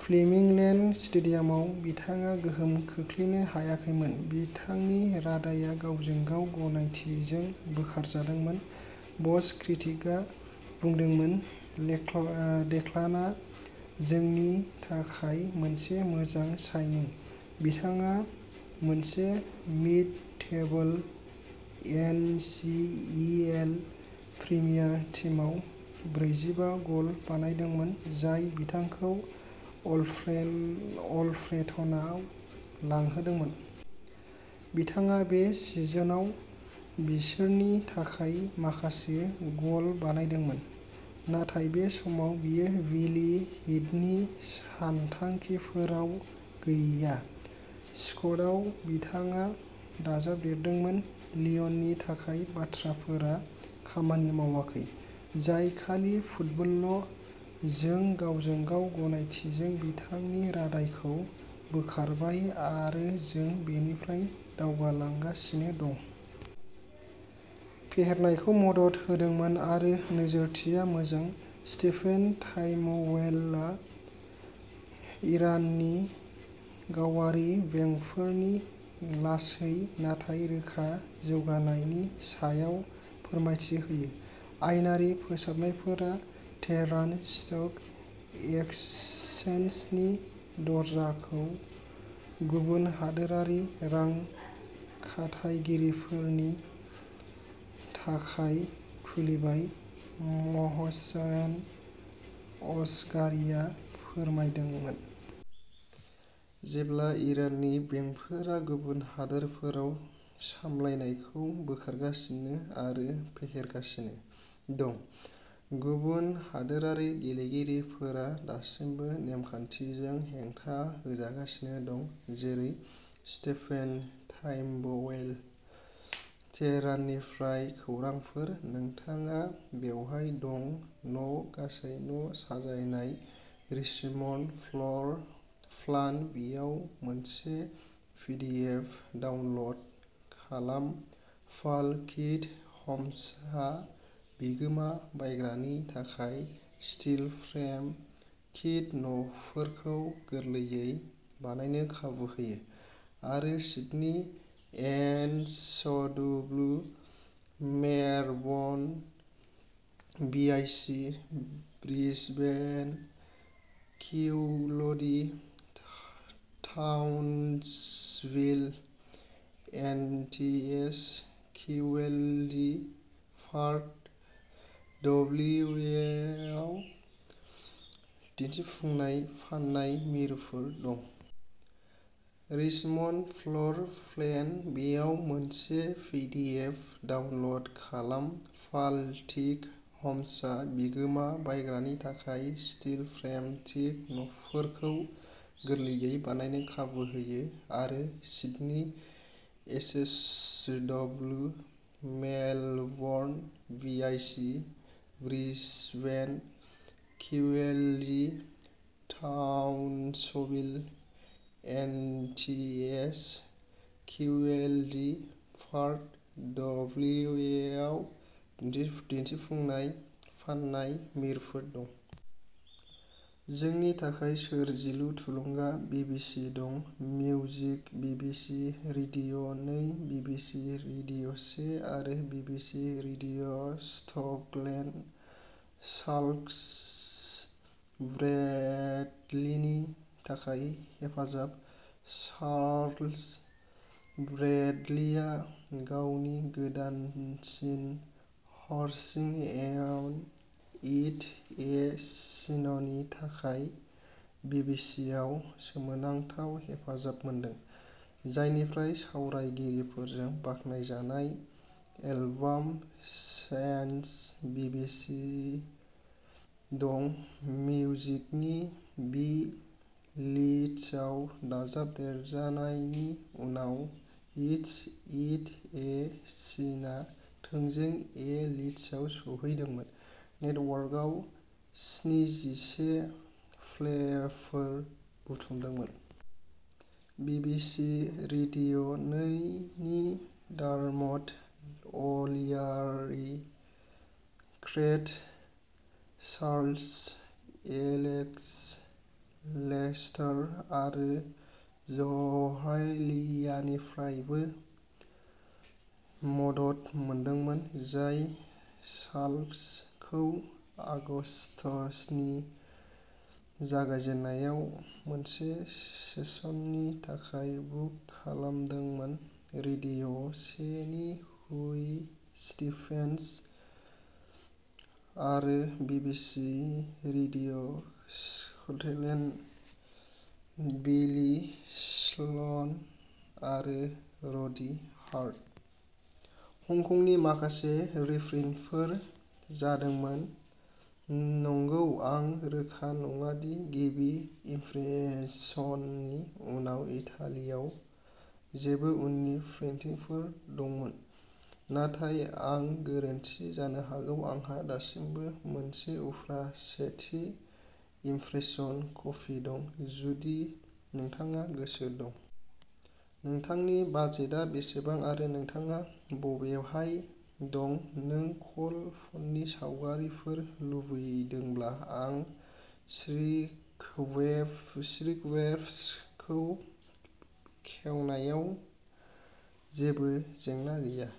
फ्लेमिंग'लेन्ड स्टेडियामाव बिथाङा गोहोम खोख्लैनो हायाखैमोन। बिथांनि रादाइया गावजों-गाव गनायथिजों बोखारजादोंमोन। बस किट्रिकआ बुंदोंमोन डेक्लाना डेक्लानआ जोंनि थाखाय मोनसे मोजां साइनिं। बिथाङा मोनसे mid table N C E L premier टीमआव ब्रैजिबा गल बानायदोंमोन, जाय बिथांखौ अल्फे अल्फ्रेटनआव लांहोदोंमोन। बिथाङा बे सिजनआव बिसोरनि थाखाय माखासे गल बानायदोंमोन, नाथाय बे समाव बियो बिली हीथनि सानथांखिफोराव गैया। स्कटआव बिथाङा दाजाबदेरदोंमोन लिय'ननि थाखाय बाथ्राफोरा खामानि मावाखै, जाय खालि फुटबलल'। जों गावजों-गाव गनायथिजों बिथांनि रादाइखौ बोखारबाय आरो जों बेनिफ्राय दावगालांगासिनो दं। फेहेरनायखौ मदद होदोंमोन आरो नोजोरथिया मोजां। स्टेफेन टाइमवेलआ इराननि गावारि बेंकफोरनि लासै नाथाय रोखा जौगानायनि सायाव फोरमायथि होयो। आयेनारि फोसाबनायफोरा तेहरान स्टक एक्सचेन्जनि दरजाखौ गुबुन हादोरारि रां खाथायगिरिफोरनि थाखाय खुलिबाय, महसेन असगारिआ फोरमायदोंमोन। जेब्ला इराननि बेंकफोरा गुबुन हादोरफोराव सामलायनायखौ बोखारगासिनो आरो फेहेरगासिनो दं, गुबुन हादोरारि गेलेगिरिफोरा दासिमबो नेमखान्थिजों हेंथा होजागासिनो दं, जेरै स्टेफेन टाइमवेल। तेहराननिफ्राय खौरांफोर। नोंथाङा बेवहाय दं न'गासै न' साजायनाय रिचमन्ड फ्ल'र प्लान-बेयाव मोनसे पिडिएफ डाउनल'ड खालाम-पाल किट ह'म्सआ बिगोमा बानायग्रानि थाखाय स्टिल फ्रेम किट न'फोरखौ गोरलैयै बानायनो खाबु होयो आरो Sydney NSW, Melbourne VIC, Brisbane QLD, Townsville NTH QLD, Perth डब्लिउएआव दिन्थिफुंनाय फान्नाय मिरुफोर दं। रिचमन्ड फ्ल'र प्लेन-बेयाव मोनसे पिडिएफ डाउनल'ड खालाम-पाल किट ह'म्सआ बिगोमा बानायग्रानि थाखाय स्टिल फ्रेम किट न'फोरखौ गोरलैयै बानायनो खाबु होयो आरो Sydney NSW, Melbourne VIC, Brisbane QLD, Townsville NTH QLD, Perth डब्लिउएआव दिन्थिफुंनाय/फान्नाय मिरुफोर दं। जोंनि थाखाय सोरजिलु थुलुंगा। BBC the' music, BBC radio' नै, बिबिसि रेडिय' से आरो बिबिसि रेडिय'स्कटलेन्डआव चार्ल्स ब्रेडलिनि थाखाय हेफाजाब! चार्ल्स ब्रेडलिआ गावनि गोदानसिन हारसिं'एइन्ट इट ए सिन'नि थाखाय बिबिसिआव सोमोनांथाव हेफाजाब मोनदों, जायनिफ्राय सावरायगिरिफोरजों बाख्नायजानाय एलबाम'चेन्जस' बिबिसि द' मिउजिकनि बि लिस्टआव दाजाबदेरजानायनि उनाव, एइन्ट इट ए सिनआ थोंजों ए लिस्टआव सौहैदोंमोन, नेटवर्कआव स्निजिसे प्लेफोर बुथुमदोंमोन। बिबिसि रेडिय' नै नि Dermot O'Leary, Craig Charles, Alex Lester आरो ज'व्हाइलीनिफ्रायबो मदद मोनदोंमोन, जाय चार्ल्सखौ आगस्तनि जागायजेन्नायाव मोनसे सेसननि थाखाय बुक खालामदोंमोन, रेडिय' से नि हुव स्टीफेन्स आरो बिबिसि रेडिय'स्कटलेन्डनि बिली स्ल'न आरो रडी हार्ट। हंकंनि माखासे रिप्रिन्टफोर जादोंमोन, नंगौ आं रोखा नङा दि गिबि इम्प्रेशननि उनाव इटालियाव जेबो उननि प्रिन्टिंफोर दंमोन, नाथाय आं गोरोन्थि जानो हागौ। आंहा दासिमबो मोनसे उफ्रा सेथि इम्प्रेशन कपि दं, जुदि नोंथाङा गोसो दं। नोंथांनि बाजेटआ बेसेबां आरो नोंथाङा बबेहाय दं नों कल फननि सावगारिफोर लुबैदोंब्ला आं श्रिंकवेप श्रिंकव्रेपखौ खेवनायाव जेबो जेंना गैया।